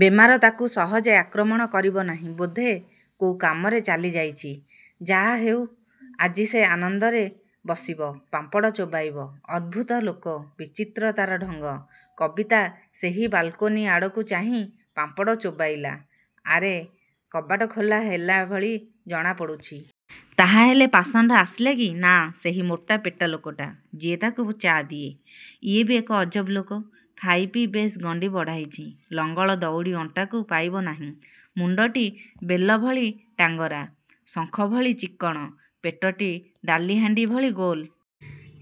ବେମାର ତା'କୁ ସହଜେ ଆକ୍ରମଣ କରିବ ନାହିଁ। ବୋଧେ କୋଉ କାମରେ ଚାଲିଯାଇଛି। ଯାହାହେଉ ଆଜି ସେ ଆନନ୍ଦରେ ବସିବ। ପାମ୍ପଡ଼ ଚୋବାଇବ। ଅଦ୍ଭୁତ ଲୋକ। ବିଚିତ୍ର ତା'ର ଢଙ୍ଗ, କବିତା ସେହି ବାଲକୋନି ଆଡ଼କୁ ଚାହିଁ ପାମ୍ପଡ଼ ଚୋବାଇଲା। ଆରେ, କବାଟ ଖୋଲା ହେଲାଭଳି ଜଣାପଡ଼ୁଛି। ତାହାହେଲେ ପାଷାଣ୍ଡ ଆସିଲା କି? ନାଁ, ସେହି ମୋଟା ପେଟାଲୋକଟା। ଯିଏ ତା'କୁ ଚା' ଦିଏ। ଇଏ ବି ଏକ ଅଜବ ଲୋକ। ଖାଇପିଇ ବେଶ୍ ଗଣ୍ଡି ବଢ଼ାଇଛି। ଲଙ୍ଗଳ ଦଉଡ଼ି ଅଣ୍ଟାକୁ ପାଇବ ନାହିଁ। ମୁଣ୍ଡଟି ବେଲଭଳି ଟାଙ୍ଗରା। ଶଙ୍ଖଭଳି ଚିକ୍କଣ। ପେଟଟି ଡାଲି ହାଣ୍ଡି ଭଳି ଗୋଲ।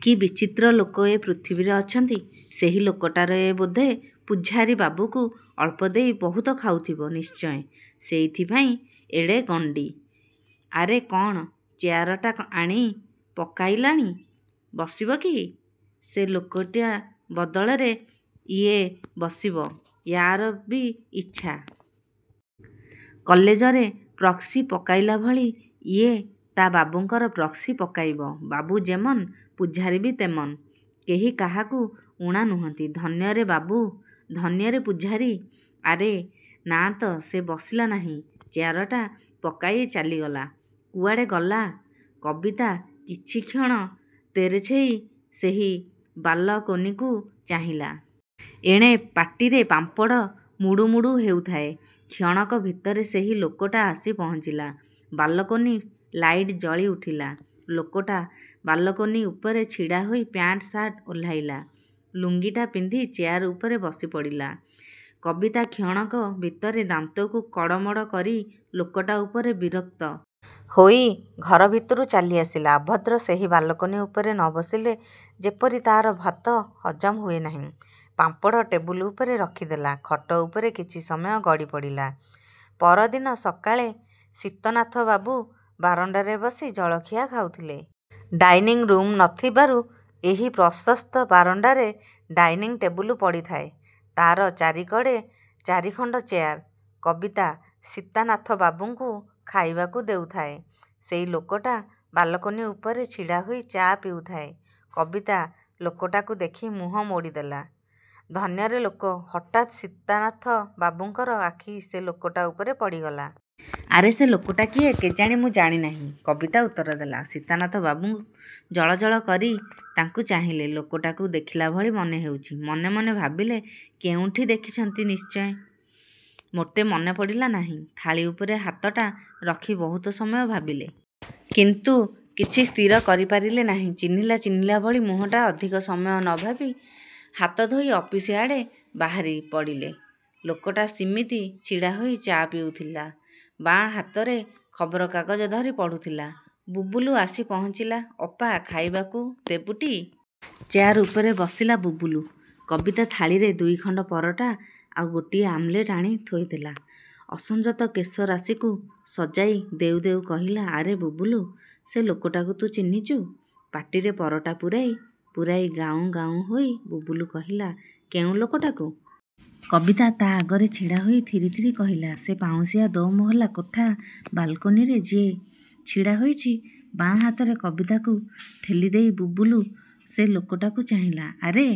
କି ବିଚିତ୍ର ଲୋକ ଏ ପୃଥିବୀରେ ଅଛନ୍ତି? ସେହି ଲୋକଟାର ଏ ବୋଧେ ପୁଝାରୀ। ବାବୁକୁ ଅଳ୍ପଦେଇ ବହୁତ ଖାଉଥିବ ନିଶ୍ଚଏଁ। ସେଇଥିପାଇଁ ଏଡ଼େ ଗଣ୍ଡି। ଆରେ କ'ଣ ଚେୟାରଟା ଆଣି ପକାଇଲାଣି। ବସିବ କି? ସେ ଲୋକଟା ବଦଳରେ ଇଏ ବସିବ। ୟାର ବି ଇଚ୍ଛା। କଲେଜରେ ପ୍ରକ୍ସି ପକାଇଲା ଭଳି ଇଏ ତା' ବାବୁଙ୍କର ପ୍ରକ୍ସି ପକାଇବ। ବାବୁ ଯେମନ, ପୁଝାରୀ ବି ତେମନ। କେହି କାହାକୁ ଊଣା ନୁହନ୍ତି। ଧନ୍ୟରେ ବାବୁ! ଧନ୍ୟରେ ପୂଝାରୀ! ଆରେ–ନା ତ ସେ ବସିଲା ନାହିଁ। ଚେୟାରଟା ପକାଇ ଚାଲିଗଲା। କୁଆଡ଼େ ଗଲା? କବିତା କିଛିକ୍ଷଣ ତେରେଛେଇ ସେହି ବାଲକୋନିକୁ ଚାହିଁଲା। ଏଣେ ପାଟିରେ ପାମ୍ପଡ଼ ମୁଡ଼ୁମୁଡ଼ୁ ହେଉଥାଏ। କ୍ଷଣକ ଭିତରେ ସେହି ଲୋକଟା ଆସି ପହଞ୍ଚିଲା। ବାଲକୋନି ଲାଇଟ୍ ଜଳି ଉଠିଲା। ଲୋକଟା ବାଲକୋନି ଉପରେ ଛିଡ଼ାହୋଇ ପ୍ୟାଣ୍ଟ୍ ସାଟ୍ ଓହ୍ଲାଇଲା। ଲୁଙ୍ଗିଟା ପିନ୍ଧି ଚେୟାର ଉପରେ ବସିପଡ଼ିଲା। କବିତା କ୍ଷଣକ ଭିତରେ ଦାନ୍ତକୁ କଡ଼ମଡ଼ କରି ଲୋକଟା ଉପରେ ବିରକ୍ତ। ହୋଇ ଘର ଭିତରୁ ଚାଲି ଆସିଲା। ଅଭଦ୍ର, ସେହି ବାଲକୋନି ଉପରେ ନ ବସିଲେ ଯେପରି ତା'ର ଭାତ ହଜମ ହୁଏ ନାହିଁ। ପାମ୍ପଡ଼ ଟେବୁଲ ଉପରେ ରଖିଦେଲା। ଖଟ ଉପରେ କିଛି ସମୟ ଗଡ଼ିପଡ଼ିଲା। ପରଦିନ ସକାଳେ ସୀତନାଥବାବୁ ବାରଣ୍ଡାରେ ବସି ଜଳଖିଆ ଖାଉଥିଲେ। ଡାଇନିଙ୍ଗ୍ ରୁମ୍ ନ ଥିବାରୁ ଏହି ପ୍ରଶସ୍ତ ବାରଣ୍ଡାରେ ଡାଇନିଙ୍ଗ୍ ଟେବୁଲୁ ପଡ଼ିଥାଏ। ତା'ର ଚାରିକଡ଼େ ଚାରିଖଣ୍ଡ ଚେୟାର। କବିତା ସୀତାନାଥବାବୁଙ୍କୁ ଖାଇବାକୁ ଦେଉଥାଏ। ସେଇ ଲୋକଟା ବାଲକୋନି ଉପରେ ଛିଡ଼ାହୋଇ ଚା' ପିଉଥାଏ। କବିତା ଲୋକଟାକୁ ଦେଖି ମୁହଁ ମୋଡ଼ିଦେଲା। ଧନ୍ୟରେ ଲୋକ। ହଠାତ୍ ସୀତାନାଥବାବୁଙ୍କର ଆଖି ସେ ଲୋକଟା ଉପରେ ପଡ଼ିଗଲା। ଆରେ ସେ ଲୋକଟା କିଏ? କେଜାଣି ମୁଁ ଜାଣିନାହିଁ, କବିତା ଉତ୍ତର ଦେଲା। ସୀତାନାଥବାବୁ ଜଳ ଜଳ କରି ତାଙ୍କୁ ଚାହିଁଲେ। ଲୋକଟାକୁ ଦେଖିଲା ଭଳି ମନେହେଉଛି। ମନେ ମନେ ଭାବିଲେ କେଉଁଠି ଦେଖିଛନ୍ତି ନିଶ୍ଚଏଁ। ମୋଟେ ମନେ ପଡ଼ିଲା ନାହିଁ। ଥାଳି ଉପରେ ହାତଟା ରଖି ବହୁତ ସମୟ ଭାବିଲେ। କିନ୍ତୁ କିଛି ସ୍ଥିର କରିପାରିଲେ ନାହିଁ। ଚିହ୍ନିଲା ଚିହ୍ନିଲା ଭଳି ମୁହଁଟା ଅଧିକ ସମୟ ନ ଭାବି ହାତଧୋଇ ଅଫିସଆଡ଼େ ବାହାରି ପଡ଼ିଲେ। ଲୋକଟା ସିମିତି ଛିଡ଼ାହୋଇ ଚା' ପିଉଥିଲା। ବାଆଁ ହାତରେ ଖବରକାଗଜ ଧରି ପଢ଼ୁଥିଲା। ବୁବୁଲୁ ଆସି ପହଞ୍ଚିଲା। ଅପା, ଖାଇବାକୁ ଦେବୁଟି। ଚେୟାର ଉପରେ ବସିଲା ବୁବୁଲୁ। କବିତା ଥାଳିରେ ଦୁଇଖଣ୍ଡ ପରଟା ଆଉ ଗୋଟିଏ ଆମଲେଟ ଆଣି ଥୋଇଦେଲା। ଅସଞ୍ଜତ କେଶରାଶିକୁ ସଜାଇ ଦେଉ ଦେଉ କହିଲା, ଆରେ ବୁବୁଲୁ ସେ ଲୋକଟାକୁ ତୁ ଚିହ୍ନିଚୁ? ପାଟିରେ ପରଟା ପୂରାଇ ପୂରାଇ ଗାଉଁ ଗାଉଁ ହୋଇ ବୁବୁଲୁ କହିଲା, କେଉଁ ଲୋକଟାକୁ? କବିତା ତା' ଆଗରେ ଛିଡ଼ା ହୋଇ ଥିରି ଥିରି କହିଲା, ସେ ପାଉଁଶିଆ ଦୋ'ମହଲା କୋଠା ବାଲକୋନିରେ ଯିଏ ଛିଡ଼ା ହୋଇଛି। ବାଆଁ ହାତରେ କବିତାକୁ ଠେଲିଦେଇ ବୁବୁଲୁ ସେ ଲୋକଟାକୁ ଚାହିଁଲା। ଆରେ!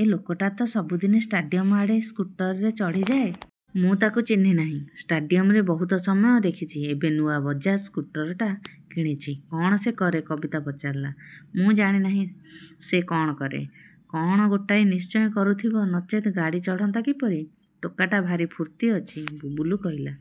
ଏ ଲୋକଟା ତ ସବୁଦିନେ ଷ୍ଟାଡ଼ିୟମ ଆଡ଼େ ସ୍କୁଟରରେ ଚଢ଼ିଯାଏ। ମୁଁ ତା'କୁ ଚିହ୍ନିନାହିଁ। ଷ୍ଟାଡ଼ିୟମରେ ବହୁତ ସମୟ ଦେଖିଛି। ଏବେ ନୂଆ ବଜାଜ ସ୍କୁଟରଟା କିଣିଛି। କ'ଣ ସେ କରେ, କବିତା ପଚାରିଲା? ମୁଁ ଜାଣିନାହିଁ। ସେ କ'ଣ କରେ। କ'ଣ ଗୋଟାଏ ନିଶ୍ଚୟ କରୁଥିବ ନଚେତ୍ ଗାଡ଼ି ଚଢ଼ନ୍ତା କିପରି? ଟୋକାଟା ଭାରି ଫୁର୍ତ୍ତି ଅଛି, ବୁବୁଲୁ କହିଲା।